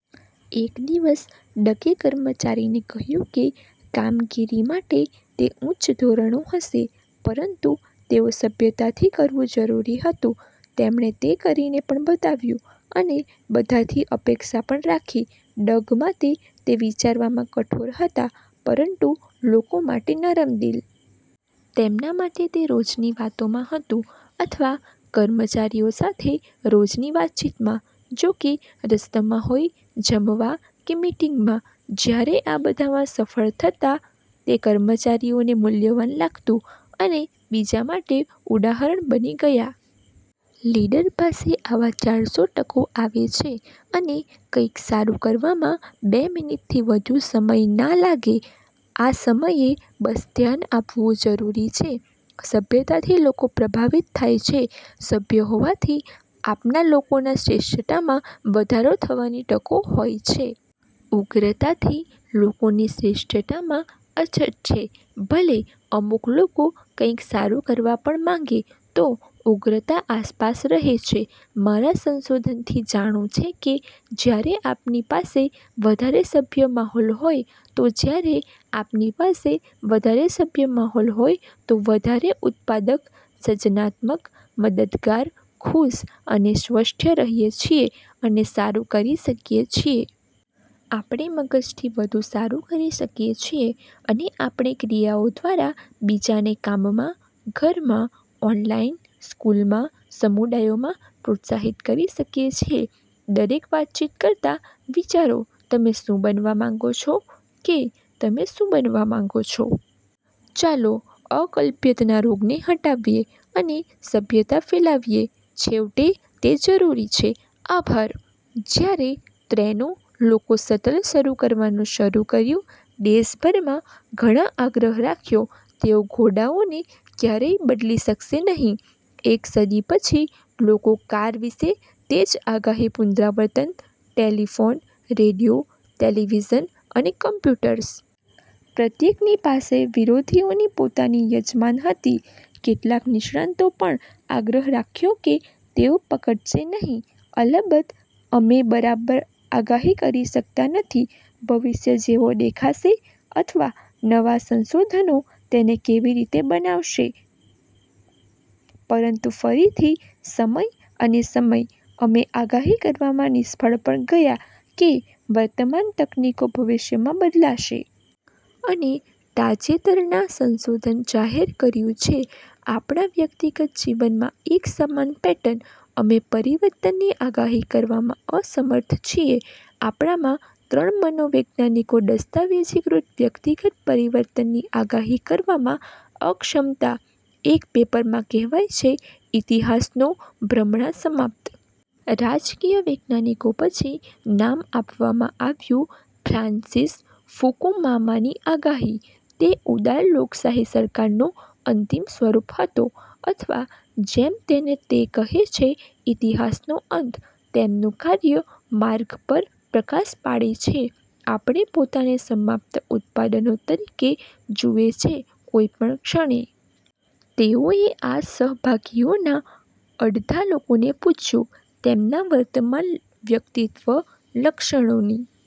એક દિવસ ડગે કર્મચારીને કહ્યું કે કામગીરી માટે તે ઉચ્ચ ધોરણો હશે, પરંતુ તેઓ સભ્યતાથી કરવું જરૂરી હતું. તેમણે તે કરીને પણ બતાવ્યુ અને બધાથી અપેક્ષા પણ રાખી. ડગ માટે તે વિચારવામાં કઠોર હતા પરંતુ લોકો માટે નરમ દિલ. તેમના માટે તે રોજની વાતોમાં હતું, અથવા કર્મચારીઓ સાથે રોજની વાતચીતમાં, જો કે રસ્તામાં હોય જમવા, કે મિટિંગમાં. જયારે આ બધામાં સફળ થતાં, તે કર્મચારીઓને મૂલ્યવાન લાગતું. અને બીજા માટે ઉદાહરણ બની ગયા. લીડર પાસે આવા ચારસો તકો આવે છે. અને કંઈક સારું કરવામાં બે મિનિટથી વધુ સમય ના લાગે. આ સમયે બસ ધ્યાન આપવુ જરૂરી છે. સભ્યતા થી લોકો પ્રભાવિત થાય છે. સભ્ય હોવાથી આપના લોકોના શ્રેષ્ઠતામાં વધારો થવાની તકો હોય છે. ઉગ્રતાથી લોકોની શ્રેષ્ઠતામાં અછત છે. ભલે અમુક લોકો કંઈક સારું કરવા પણ માંગે, તો ઉગ્રતા આસપાસ રહે છે. મારા સંશોધનથી જાણું છે કે જ્યારે આપની પાસે વધારે સભ્ય માહોલ હોય, તો જ્યારે આપનીપાસે વધારે સભ્ય માહોલ હોય, તો વધારે ઉત્પાદક, સર્જનાત્મક, મદદગાર, ખુશ અને સ્વસ્થ રહીએ છીએ, અને સારું કરી શકીએ છીએ. આપણે મગજથી વધુ સારું કરી શકીએ છીએ. અને આપણે ક્રિયાઓ દ્વારા બીજાને કામમાં, ધરમાં, ઓનલાઈન, સ્કૂલમાં, સમુદાયોમાં પ્રોત્સાહિત કરી શકીએ છીએ. દરેક વાતચીત કરતાં, વિચારો: તમે શું બનવા માંગો છો? કે તમે શું બનવા માંગો છો? ચાલો, અકલ્પ્યતના રોગને હટાવીએ, અને સભ્યતા ફેલાવીએ. છેવટે, તે જરૂરી છે. આભાર. જ્યારે ટ્રેનો લોકો શટલ શરૂ કરવાનું શરૂ કર્યું દેશભરમાં, ઘણા આગ્રહ રાખ્યો તેઓ ઘોડાઓને ક્યારેય બદલી શકશે નહીં. એક સદી પછી, લોકો કાર વિશે તે જ આગાહી પુનરાવર્તન, ટેલિફોન, રેડિયો, ટેલિવિઝન, અને કમ્પ્યુટર્સ. પ્રત્યેકની પાસે વિરોધીઓની પોતાની યજમાન હતી. કેટલાક નિષ્ણાતો પણ આગ્રહ રાખ્યો કે તેઓ પકડશે નહીં. અલબત્ત, અમે બરાબર આગાહી કરી શકતા નથી ભવિષ્ય જેવો દેખાશે અથવા નવા સંશોધનો તેને કેવી રીતે બનાવશે. પરંતુ ફરીથી સમય અને સમય, અમે આગાહી કરવામાં નિષ્ફળ પણ ગયા કે વર્તમાન તકનીકો ભવિષ્યમાં બદલાશે. અને તાજેતરના સંશોધન જાહેર કર્યું છે આપણા વ્યક્તિગત જીવનમાં એક સમાન પેટર્ન: અમે પરિવર્તનની આગાહી કરવામાં અસમર્થ છીએ આપણામાં ત્રણ મનોવૈજ્ઞાનિકો દસ્તાવેજીકૃત વ્યક્તિગત પરિવર્તનની આગાહી કરવામાં અક્ષમતા એક પેપરમાં કહેવાય છે, "ઇતિહાસનો ભ્રમણા સમાપ્ત. " રાજકીય વૈજ્ઞાનિક પછી નામ આપવામાં આવ્યું ફ્રાન્સિસ ફુકુમામાની આગાહી તે ઉદાર લોકશાહી સરકારનો અંતિમ સ્વરૂપ હતો, અથવા જેમ તેને તે કહે છે, "ઇતિહાસનો અંત," તેમનું કાર્ય માર્ગ પર પ્રકાશ પાડે છે આપણે પોતાને સમાપ્ત ઉત્પાદનો તરીકે જુએ છે કોઈ પણ ક્ષણે. તેઓએ આ સહભાગીઓના અડધા લોકોને પૂછ્યું તેમના વર્તમાન વ્યક્તિત્વ લક્ષણોની